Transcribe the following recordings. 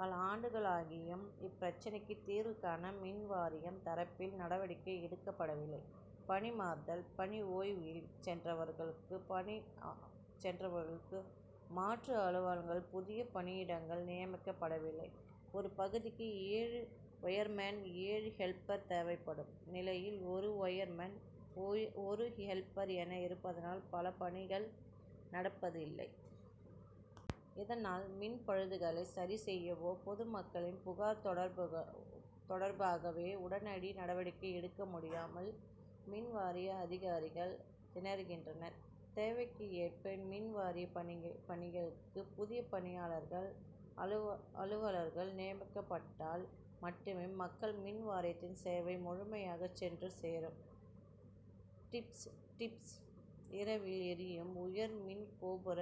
பல ஆண்டுகளாகியும் இப்பிரச்னைக்கு தீர்வு காண மின்வாரியம் தரப்பில் நடவடிக்கை எடுக்கப்படவில்லை பணி மாறுதல் பணி ஓய்வில் சென்றவர்களுக்கு மாற்று அலுவலர்கள் புதிய பணியிடங்கள் நியமிக்கப்படவில்லை. ஒரு பகுதிக்கு ஏழு ஒயர் மேன் ஏழு ஹெல்ப்பர் தேவைப்படும் நிலையில் ஒரு ஒயர்மேன் ஒரு ஹெல்ப்பர் என இருப்பதால் பல பணிகள் நடப்பது இல்லை. இதனால் மின்பழுதுகளை சரிசெய்யவோ பொதுமக்களின் புகார் தொடர்பாகவோ உடனடி நடவடிக்கை எடுக்க முடியாமல் மின்வாரிய அதிகாரிகள் திணறுகின்றனர். தேவைக்கு ஏற்ப மின்வாரிய பணிகளுக்கு புதிய பணியாளர்கள் அலுவலர்கள் நியமிக்கப்பட்டால் மட்டுமே மக்களுக்கு மின்வாரியத்தின் சேவை முழுமையாக சென்று சேரும். டிப்ஸ்டிப்ஸ் இரவில் எரியும் உயர் மின்கோபுர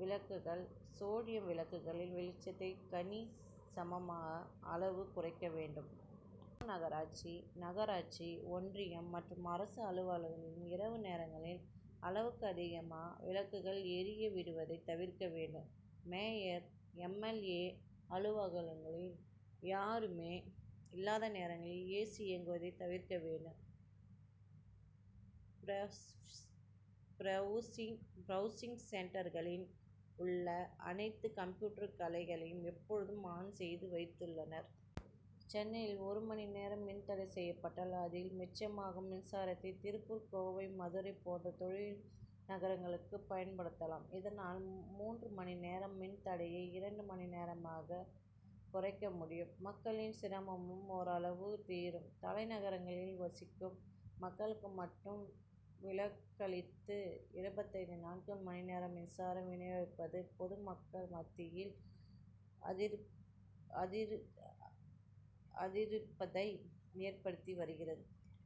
விளக்குகள் சோடியம் விளக்குகளின் வெளிச்சத்தை கணி சமான அளவு குறைக்க வேண்டும். மாநகராட்சி நகராட்சி ஒன்றியம் மற்றும் அரசு அலுவலகங்களில் இரவு நேரங்களில் அளவுக்கு அதிகமான விளக்குகள் எரிய விடுவதை தவிர்க்க வேண்டும். Mayor M. எல். ஏ. அலுவலகங்களில் யாருமே இல்லாத நேரங்களிலும் ஏசி இயங்குவதை தவிர்க்க வேண்டும். பிரவுசிங் சென்டர்களில் உள்ள அனைத்து கம்ப்யூட்டர் களையும் எப்போதும் ஆன் செய்து வைத்துள்ளனர். சென்னையில் ஒரு மணி நேரம் மின்தடை செய்யப் பட்டால் அதில் மிச்சமாகும் மின்சாரத்தை திருப்பூர் கோவை மதுரை போன்ற தொழில் நகரங்களுக்கு பயன் படுத்தலாம் இதனால் மூன்று மணி நேர மின்தடையை இரண்டு மணி நேரமாக குறைக்க முடியும் மக்களின் சிரமமும் ஓரளவு தீரும். தலைநகரில் வசிக்கும் மக்களுக்கு மட்டும் விலக்களித்து இருபத்திநான்கு மணி நேர மின்சாரம் வினியோகிப்பது பொதுமக்கள் மத்தியில் அதிருப்தியை ஏற்படுத்தி வருகிறது.